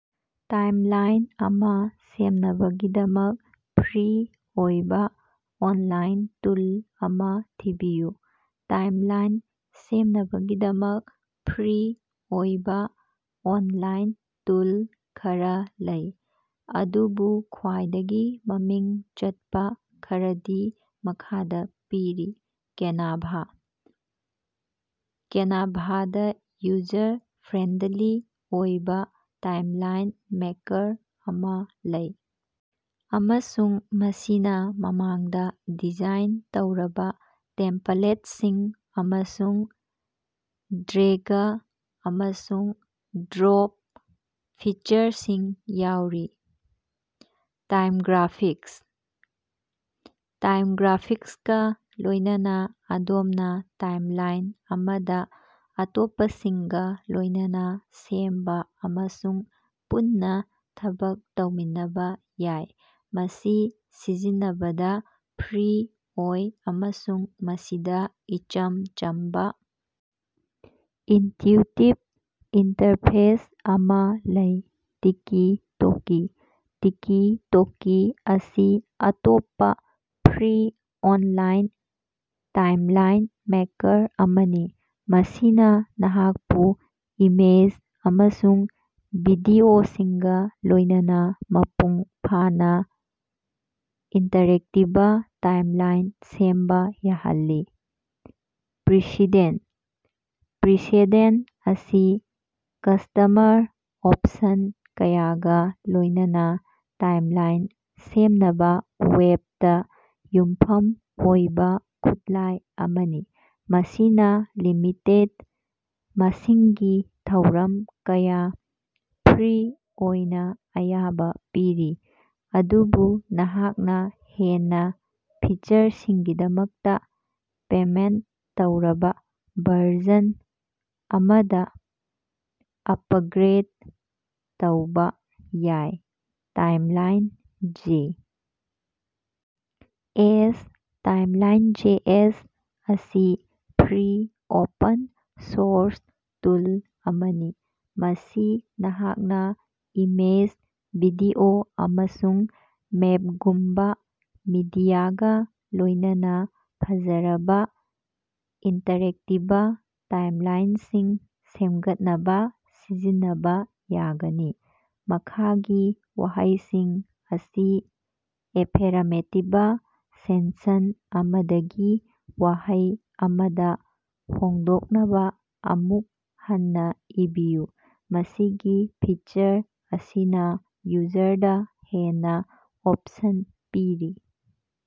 Timeline ꯑꯃ ꯁꯦꯝꯅꯕꯒꯤꯗꯃꯛ free ꯑꯣꯏꯕ ꯑꯣꯟꯂꯥꯏꯟ ꯇꯨꯜ ꯑꯃ ꯊꯤꯕꯤꯌꯨ꯫ ꯇꯥꯏꯝꯂꯥꯏꯟ ꯁꯦꯝꯅꯕꯒꯤꯗꯃꯛ ꯐ꯭ꯔꯤ ꯑꯣꯏꯕ ꯑꯣꯟꯂꯥꯏꯟ ꯇꯨꯜ ꯈꯔ ꯂꯩ, ꯑꯗꯨꯕꯨ ꯈ꯭ꯋꯥꯏꯗꯒꯤ ꯃꯃꯤꯡ ꯆꯠꯄ ꯈꯔꯗꯤ ꯃꯈꯥꯗ ꯄꯤꯔꯤ: ꯀꯦꯅꯚꯥ: ꯀꯦꯅꯚꯥꯗ ꯌꯨꯖꯔ ꯐ꯭ꯔꯦꯟꯗꯂꯤ ꯑꯣꯏꯕ ꯇꯥꯏꯝꯂꯥꯏꯟ ꯃꯦꯀꯔ ꯑꯃ ꯂꯩ ꯑꯃꯁꯨꯡ ꯃꯁꯤꯅ ꯃꯃꯥꯡꯗ ꯗꯤꯖꯥꯏꯟ ꯇꯧꯔꯕ ꯇꯦꯝꯄꯂꯦꯠꯁꯤꯡ ꯑꯃꯁꯨꯡ ꯗ꯭ꯔꯦꯒ- ꯑꯃꯁꯨꯡ-ꯗ꯭ꯔꯣꯞ ꯐꯤꯆꯔꯁꯤꯡ ꯌꯥꯎꯔꯤ꯫ ꯇꯥꯏꯝꯒ꯭ꯔꯥꯐꯤꯛꯁ: ꯇꯥꯏꯝꯒ꯭ꯔꯥꯐꯤꯛꯁꯀ ꯂꯣꯏꯅꯅ ꯑꯗꯣꯝꯅ ꯇꯥꯏꯝꯂꯥꯏꯟ ꯑꯃꯗ ꯑꯇꯣꯞꯄꯁꯤꯡꯒ ꯂꯣꯏꯅꯅ ꯁꯦꯝꯕ ꯑꯃꯁꯨꯡ ꯄꯨꯟꯅ ꯊꯕꯛ ꯇꯧꯃꯤꯟꯅꯕ ꯌꯥꯏ꯫ ꯃꯁꯤ ꯁꯤꯖꯤꯟꯅꯕꯗ ꯐ꯭ꯔꯤ ꯑꯣꯏ ꯑꯃꯁꯨꯡ ꯃꯁꯤꯗ ꯏꯆꯝ ꯆꯝꯕ, ꯏꯟꯇ꯭ꯌꯨꯇꯤꯞ ꯏꯟꯇꯔꯐꯦꯁ ꯑꯃꯥ ꯂꯩ꯫ ꯇꯤꯀꯤ-ꯇꯣꯀꯤ: ꯇꯤꯀꯤ-ꯇꯣꯀꯤ ꯑꯁꯤ ꯑꯇꯣꯞꯄꯥ ꯐ꯭ꯔꯤ ꯑꯣꯅꯂꯥꯏꯟ ꯇꯥꯏꯝꯂꯥꯏꯟ ꯃꯦꯀꯔ ꯑꯃꯅꯤ ꯃꯁꯤꯅ ꯅꯍꯥꯛꯄꯨ ꯏꯃꯦꯖ ꯑꯃꯁꯨꯡ ꯚꯤꯗꯤꯑꯣꯁꯤꯡꯒ ꯂꯣꯏꯅꯅ ꯃꯄꯨꯡ ꯐꯥꯅ ꯏꯟꯇꯔꯦꯛꯇꯤꯕ ꯇꯥꯏꯝꯂꯥꯏꯟ ꯁꯦꯝꯕ ꯌꯥꯍꯜꯂꯤ꯫ ꯄ꯭ꯔꯤꯁꯤꯗꯦꯟ: ꯄ꯭ꯔꯤꯁꯦꯗꯦꯟ ꯑꯁꯤ ꯀꯁ꯭ꯇꯃꯔ ꯑꯣꯞꯁꯟ ꯀꯌꯥꯒ ꯂꯣꯏꯅꯅ ꯇꯥꯏꯝꯂꯥꯏꯟ ꯁꯦꯝꯅꯕ ꯋꯦꯕꯇ ꯌꯨꯝꯐꯝ ꯑꯣꯏꯕ ꯈꯨꯠꯂꯥꯏ ꯑꯃꯅꯤ꯫ ꯃꯁꯤꯅ ꯂꯤꯃꯤꯇꯦꯗ ꯃꯁꯤꯡꯒꯤ ꯊꯧꯔꯝ ꯀꯌꯥ ꯐ꯭ꯔꯤ ꯑꯣꯏꯅ ꯑꯌꯥꯕꯥ ꯄꯤꯔꯤ, ꯑꯗꯨꯕꯨ ꯅꯍꯥꯛꯅ ꯍꯦꯟꯅ ꯐꯤꯆꯔꯁꯤꯡꯒꯤꯗꯃꯛꯇ ꯄꯦꯃꯦꯟꯠ ꯇꯧꯔꯕ ꯚꯔꯖꯟ ꯑꯃꯗ ꯑꯄꯒ꯭ꯔꯦꯗ ꯇꯧꯕ ꯌꯥꯏ꯫ Timeline J. ꯑꯦꯁ.: ꯇꯥꯏꯝꯂꯥꯏꯟꯖꯦꯑꯦꯁ ꯑꯁꯤ ꯐ꯭ꯔꯤ, ꯑꯣꯄꯟ-ꯁꯣꯔꯁ ꯇꯨꯜ ꯑꯃꯅꯤ, ꯃꯁꯤ ꯅꯍꯥꯛꯅ ꯏꯃꯦꯖ, ꯚꯤꯗꯤꯑꯣ, ꯑꯃꯁꯨꯡ ꯃꯦꯞꯒꯨꯝꯕꯥ ꯃꯤꯗꯤꯌꯥꯒꯥ ꯂꯣꯏꯅꯅ ꯐꯖꯔꯕ ꯏꯟꯇꯔꯦꯛꯇꯤꯕ ꯇꯥꯏꯝꯂꯥꯏꯅꯁꯤꯡ ꯁꯦꯃꯒꯠꯅꯕ ꯁꯤꯖꯤꯟꯅꯕ ꯌꯥꯒꯅꯤ꯫ ꯃꯈꯥꯒꯤ ꯋꯥꯍꯩ ꯑꯁꯤ ꯑꯦꯐꯦꯔꯃꯦꯇꯤꯕ ꯁꯦꯟꯁꯟ ꯑꯃꯗꯒꯤ ꯋꯥꯍꯪ ꯑꯃꯗ ꯍꯣꯡꯗꯣꯛꯅꯕ ꯑꯃꯨꯛ ꯍꯟꯅ ꯏꯕꯤꯌꯨ꯫ ꯃꯁꯤꯒꯤ ꯐꯤꯆꯔ ꯑꯁꯤꯅ ꯌꯨꯖꯔꯗ ꯍꯦꯟꯅ ꯑꯣꯞꯁꯟ ꯄꯤꯔꯤ꯫